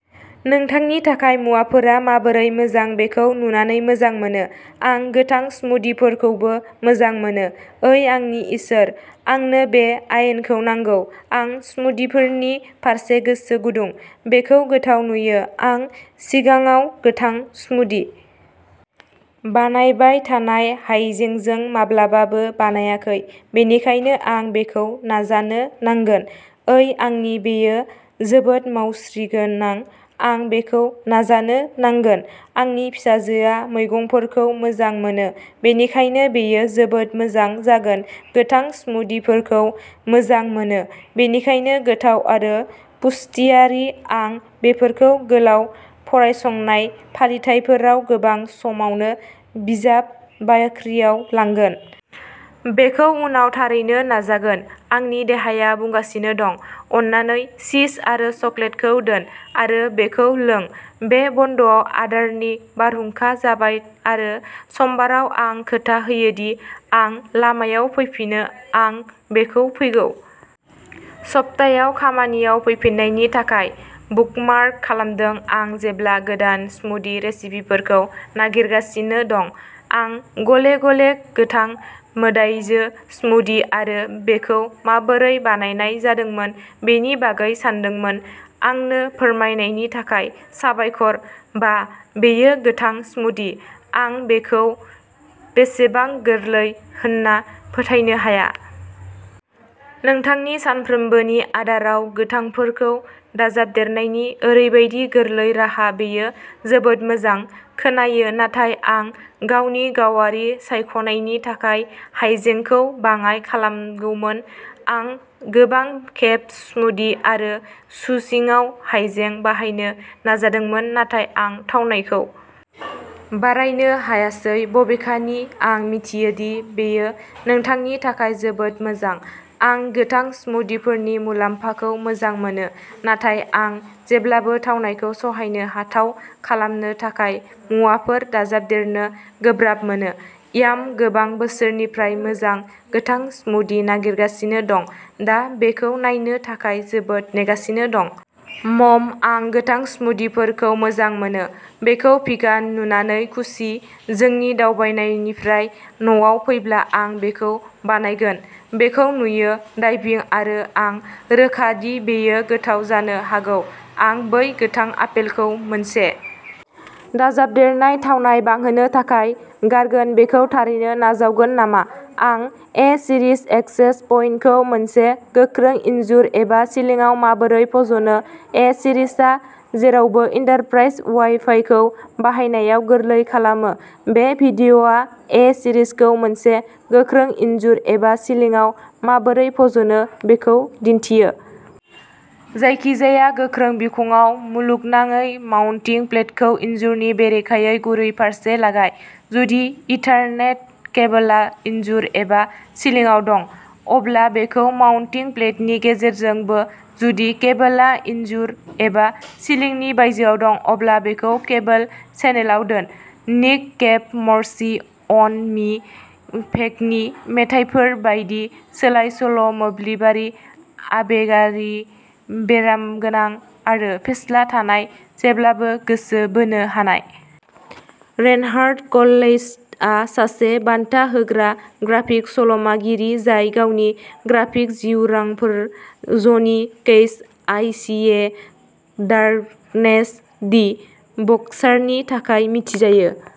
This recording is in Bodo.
नोंथांनि थाखाय मुवाफोरा माबोरै मोजां बेखौ नुनानै मोजां मोनो। आं गोथां स्मूदिफोरखौबो मोजां मोनो। ओइ आंनि इसोर आंनो बे आरएनखौ नांगौ आं स्मूदिफोरनि फारसे गोसो गुदुं। बेखौ गोथाव नुयो आं सिगाङाव गोथां स्मूदि बानायबाय नाथाय हायजेंजों माब्लाबाबो बानायाखै बेनिखायनो आं बेखौ नाजानो नांगोन ओइ आंनि बेयो जोबोद सावस्रिगोनां आं बेखौ नाजानो नांगोन। आंनि फिसाजोआ मैगंफोरखौ मोजां मोनो बेनिखायनो बेयो जोबोद मोजां जागोन गोथां स्मूदिफोरखौ मोजां मोनो, बेनिखायनो गोथाव आरो पुष्टियारि आं बेफोरखौ गोलाव फरायसंनाय फालिथायफोराव गोबां समावनो बिजाब बाख्रियाव लांगोन। बेखौ उनाव थारैनो नाजागोन आंनि देहाया बुंगासिनो दं। अन्नानै चिज आरो चकलेटखौ दोन, आरो बेखौ लों। बे बन्द'आव आदारनि बारहुंखा जाबाय आरो समबाराव आं खोथा होयो दि आं लामायाव फैफिनो आं बेखौ फैगौ सप्तायाव खामानियाव फैफिन्नायनि थाखाय बुकमार्क खालामदों आं जेब्लाबो गोदान स्मूदि रेसिपिफोरखौ नागिरगासिनो दं। आं गले गले गोथां मोदाइजो स्मूदि आरो बेखौ माबोरै बानायनाय जादोंमोन बेनि बागै सानदोंमोन आंनो फोरमायनायनि थाखाय साबायखर बाह बेयो गोथां स्मूदि आं बेखौ बेसेबां गोरलै होनना फोथायनो हाया। नोंथांनि सानफ्रोमबोनि आदाराव गोथांफोरखौ दाजाबदेरनायनि ओरैबायदि गोरलै राहा बेयो जोबोद मोजां खोनायो नाथाय आं गावनि गावारि सायख'नायनि थाखाय हाइजेंखौ बाङाइ खालामगौमोन। आं गोबां खेब स्मूदि आरो जुसिंआव हाइजें बाहायनो नाजादोंमोन नाथाय आं थावनायखौ बारायनो हायासै बबेखानि आं मिथियो दि बेयो नोंथांनि थाखाय जोबोद मोजां। आं गोथां स्मूदिफोरनि मुलाम्फाखौ मोजां मोनो, नाथाय आं जेब्लाबो थावनायखौ सहायनो हाथाव खालामनो थाखाय मुवाफोर दाजाबदेरनो गोब्राब मोनो। याम गोबां बोसोरनिफ्राय मोजां गोथां स्मूदि नागिरगासिनो दं दा बेखौ नायनो थाखाय जोबोद नेगासिनो दं। मम आं गोथां स्मूदिफोरखौ मोजां मोनो। बेखौ भिगान नुनानै खुसि जोंनि दावबायनायनिफ्राय न'आव फैब्ला आं बेखौ बानायगोन। बेखौ नुयो डाइभिं आरो आं रोखा दि बेयो गोथाव जानो हागौ आं बै गोथां आपेलखौ मोनसे दाजाबदेरनाय थावनाय बांहोनो थाखाय गारगोन बेखौ थारैनो नाजावगोन नामा। आं ए सिरिज एक्सेस पइन्टखौ मोनसे गोख्रों इनजुर एबा सिलिंआव माबोरै फज'नो ए सीरीजआ जेरावबो एन्टारप्राइज वाइफाइखौ बाहायनायाव गोरलै खालामो बे वीडियोआ ए सीरीजखौ मोनसे गोख्रों इनजुर एबा सिलिंआव माबोरै फज'नो बेखौ दिन्थियो। जायखिजाया गोख्रों बिखंआव मुलुगनाङै माउन्टिं प्लेटखौ इनजुरनि बेरेखायै गुरै फारसे लागाय। जुदि इथारनेट केबलआ इनजुर एबा सिलिंआव दं अब्ला बेखौ माउन्टिं प्लेटनि गेजेरजों बो जुदि केबलआ इनजुर एबा सिलिंनि बायजोआव दं अब्ला बेखौ केबल चेनेलाव दोन निक केभ मर्सी अन मी केभनि मेथाइफोर बायदि सोलाय सोल'मोब्लिबारि आबेगारि बेरामगोनां आरो फेस्ला नाथाय जेब्लाबो गोसो बोनो हानाय। रेनहार्ड क्लेइस्टआ सासे बान्था देरहाग्रा ग्राफिक सल'मागिरि जाय गावनि ग्राफिक जिउरांफोर जनि Cash I see a darkness दि बक्सारनि थाखाय मिथिजायो।